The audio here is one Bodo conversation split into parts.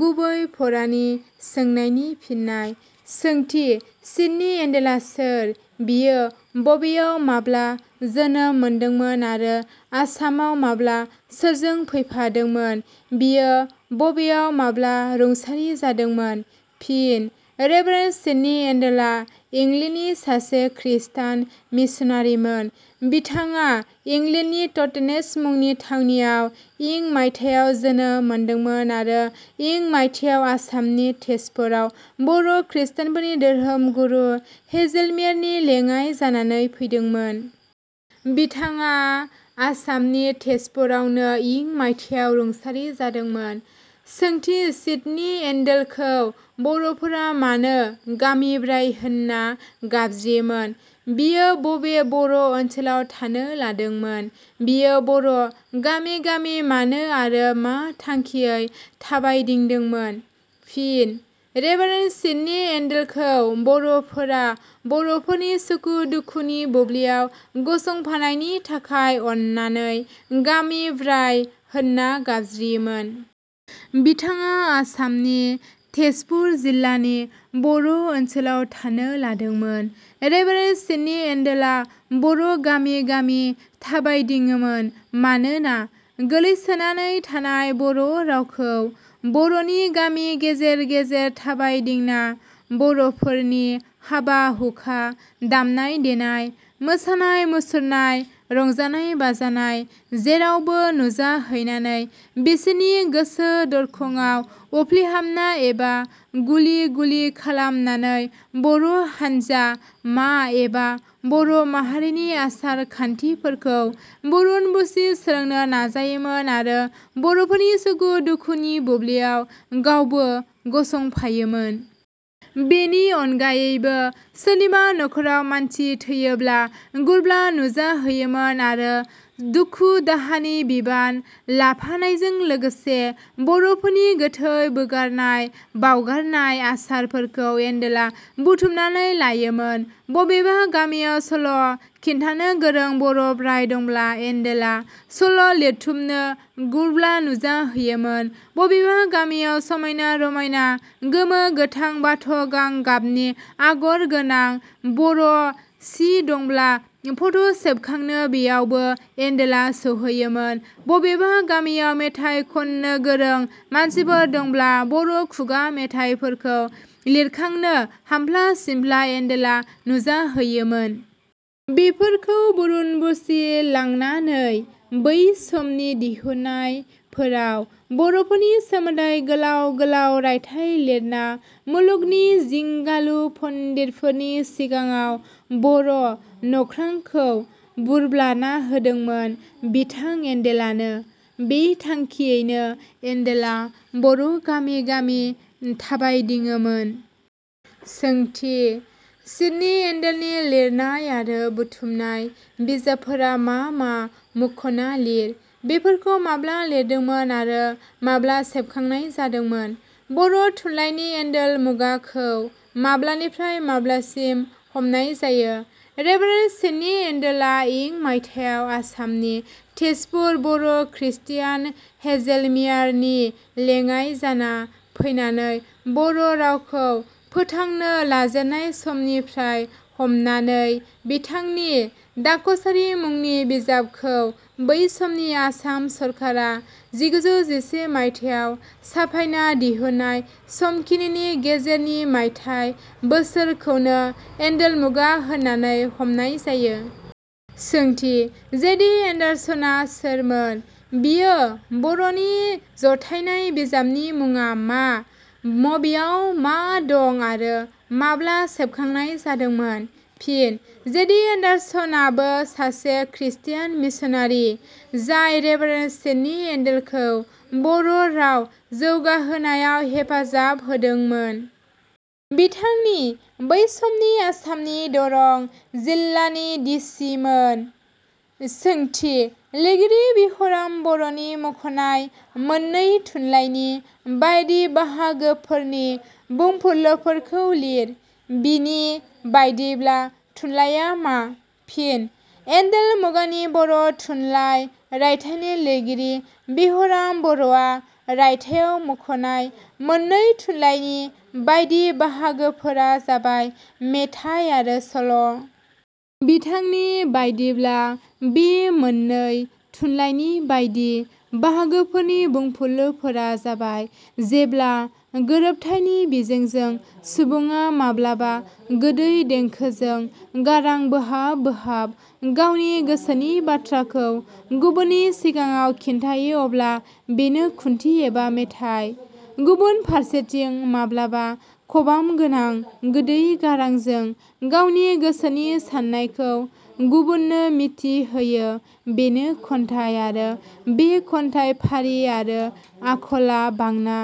गुबै फारानि सोंनायनि फिननाय. सोंथि: सिदनि एण्डेलआ सोर? बियो बबेयाव माब्ला जोनोम मोनदोंमोन आरो आसामआव माब्ला सोरजों फैफादोंमोन? बियो बबेयाव माब्ला रुंसारि जादोंमोन? फिन: रेभारेण्ड सिदनि एण्डेलआ इंलेण्डनि सासे ख्रिष्टान मिसनारिमोन। बिथाङा इंलेण्डनि तटेनेज मुंनि थावनियाव इं मायथायाव जोनोम मोनदोंमोन आरो इं मायथायाव आसामनि तेजपुराव बर' ख्रिष्टानफोरनि धोरोम गुरु हेजेलमियार नि लेङाय जानानै फैदोंमोन। बिथाङा आसामनि तेजपुरावनो इं मायथायाव रुंसारि जादोंमोन।. सोंथि: सिदनि एण्डेलखौ बर'फोरा मानो 'गामिनि ब्राइ' होनना गाबज्रियोमोन? बियो बबे बर' ओनसोलाव थानो लादोंमोन? बियो बर' गामि गामि मानो आरो मा थांखियै थाबायदिंदोंमोन? फिन: रेभारेण्ड सिदनि एण्डेलखौ बर'फोरा बर'फोरनि सुखु दुखुनि बुब्लियाव गसंफानायनि थाखाय अननानै 'गामि ब्राइ' होनना गाबज्रियोमोन। बिथाङा आसामनि तेजपुर जिलानि बर' ओनसोलाव थानो लादोंमोन। रेभारेण्ड सिदनि एण्डेलआ बर' गामि गामि थाबायदिङोमोन। मानोना गोग्लैसोनानै थानाय बर' रावखौ बर'नि गामि गेजेर गेजेर थाबायदिंना बर'फोरनि हाबा-हुखा, दामनाय-देनाय, मोसानाय-मुसुरनाय, रंजानाय-बाजानाय जेरावबो नुजाहैनानै बिसोरनि गोसो खंखराव उप्लेहाबना एबा गुलि गुलि खालामनानै बर' हान्जामा एबा बर' माहारिनि आसार खान्थिफोरखौ बुरन बुसि सोलोंनो नाजायोमोन आरो बर'फोरनि सुखु दुखुनि बुब्लियाव गावबो गसंफायोमोन। बेनि अनगायैबो सोरनिबा नख'राव मानसि थैयोब्ला गुरब्ला नुजाहैयोमोन आरो दुखु दाहानि बिबान लाफानायजों लोगोसे बर'फोरनि गोथै बोगारनाय बाउगारनाय आसारफोरखौ एण्डेलआ बुथुमनानै लायोमोन, बबेबा गामियाव सल' खिन्थानो गोरों बर' ब्राइ दंब्ला एण्डेलआ सल' लिरथुउमनो गुरब्ला नुजाहैयोमोन, बबेबा गामियाव समायना रमायना गोमो-गोथां बाथ' गां गाबनि आगर गोनां बर' सि दंब्ला फट' सेबखांनो बेयावबो एण्डेलआ सहैयोमोन, बबेबा गामियाव मेथाइ खनननो गोरों मानसिफोर दंब्ला बर' खुगा मेथाइफोरखौ लिरखांनो हामफ्ला-सिमफ्ला एण्डेलआ नुजाहैयोमोन। बेफोरखौ बुरन बुसि लांनानै बै समनि " "आ दिहुननाय फोराव बर'फोरनि सोमोन्दै गोलाव गोलाव रायथाइ लिरना मुलुगनि जिंगालु पण्डितफोरनि सिगांआव बर' नख्रांखौ बुरब्लाना होदोंमोन बिथां एण्डेलआनो। बे थांंखियैनो एण्डेलआ बर' गामि गामि थाबायदिङोमोन।. सोंथि: सिदनि एण्डेलनि लिरनाय आरो बुथुमनाय बिजाबफोरा मा मा मुंख'ना लिर। बेफोरखौ माब्ला लिरदोंमोन आरो माब्ला सेबखांनाय जादोंमोन? बर' थुनलायनि एन्देल मुगाखौ माब्लानिफ्राय माब्लासिम हमनाय जायो? रेभारेण्ड सिदनि एण्डेलआ इं मायथायाव आसामनि तेजपुराव बर' ख्रिस्तियान हेजेलमियार नि लेङाइ जाना फैनानै बर' रावखौ फोथांनो लाजेननाय समनिफ्राय हमनानै बिथांनि "" मुंनि बिजाबखौ बै समनि आसाम सरखारा मायथायाव साफायना दिहुननाय समखिनि गेजेरनि मायथाइ बोसोरखौननो एण्डेल मुगा होनानै हमनाय जायो।. सोंथि: जे. दि. एण्डार्सनआ सोरमोन? बियो बर'नि जथायनाय बिजाबनि मुङा मा? बेयाव मा दं आरो माब्ला सेबखांनाय जादोंमोन? फिन: जे. दि. एण्डार्सनआबो सासे ख्रिस्तियान मिसनारि जाय रेभारेण्ड सिदनि एण्डेलखौ बर' राव जौगाहोनायाव हेफाजाब होदोंमोन। बिथाङा बै समनि आसामनि दरं जिल्लानि डि. सि. मोन।. सोंथि: लिरगिरि बिहुराम बर'नि मुंखनाय मोननै थुनलायनि बायदि बाहागोफोरनि बुंफुरलुफोरखौ लिर। बिनि बादियैब्ला थुनलाया मा? फिन: "एण्डेल मुगानि बर' थुनलाइ" रायथाइनि लिरगिरि बिहुराम बर'आ रायथाइयाव मुंखनाय मोननै थुनलायनि बायदि बाहागोफोरा जाबाय – मेथाइ आरो सल'। बिथांनि बादिब्ला बे मोननै थुनलायनि बायदि बाहागोफोरनि बुंफुरलुफोरा जाबाय- जेब्ला गोरोबथाइनि बिजोंजों सुबुङा माब्लाबा गोदै देंखोजों गारां बोहाब बोहाब गावनि गोसोनि बाथ्राखौ गुबुननि सिगाङाव खिन्थायो अब्ला बेनो खुथि एबा मेथाइ। गुबुन फारसेथिं, माब्लाबा खबाम गोनां गोदै गारांजों गावनि गोसोनि साननायखौ गुबुननो मिथिहोयो बेनो खन्थाइ आरो बे खन्थाइ फारि आरो आखला बांना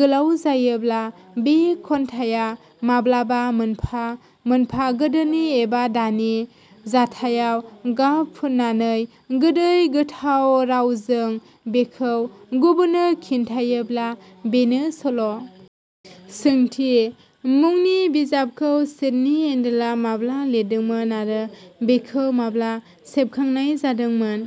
गोलाव जायोब्ला बे खन्थाइया माब्लाबा मोनफा मोनफा गोदोनि एबा दानि जाथाइयाव गाब फुननानै गोदै गोथाव रावजों बेखौ गुबुननो खिथायोब्ला बेनो सल'।. सोंथि: मुंनि बिजाबखौ सिदनि एण्डेलआ माब्ला लिरदोंमोन आरो बेखौ माब्ला सेबखांनाय जादोंमोन?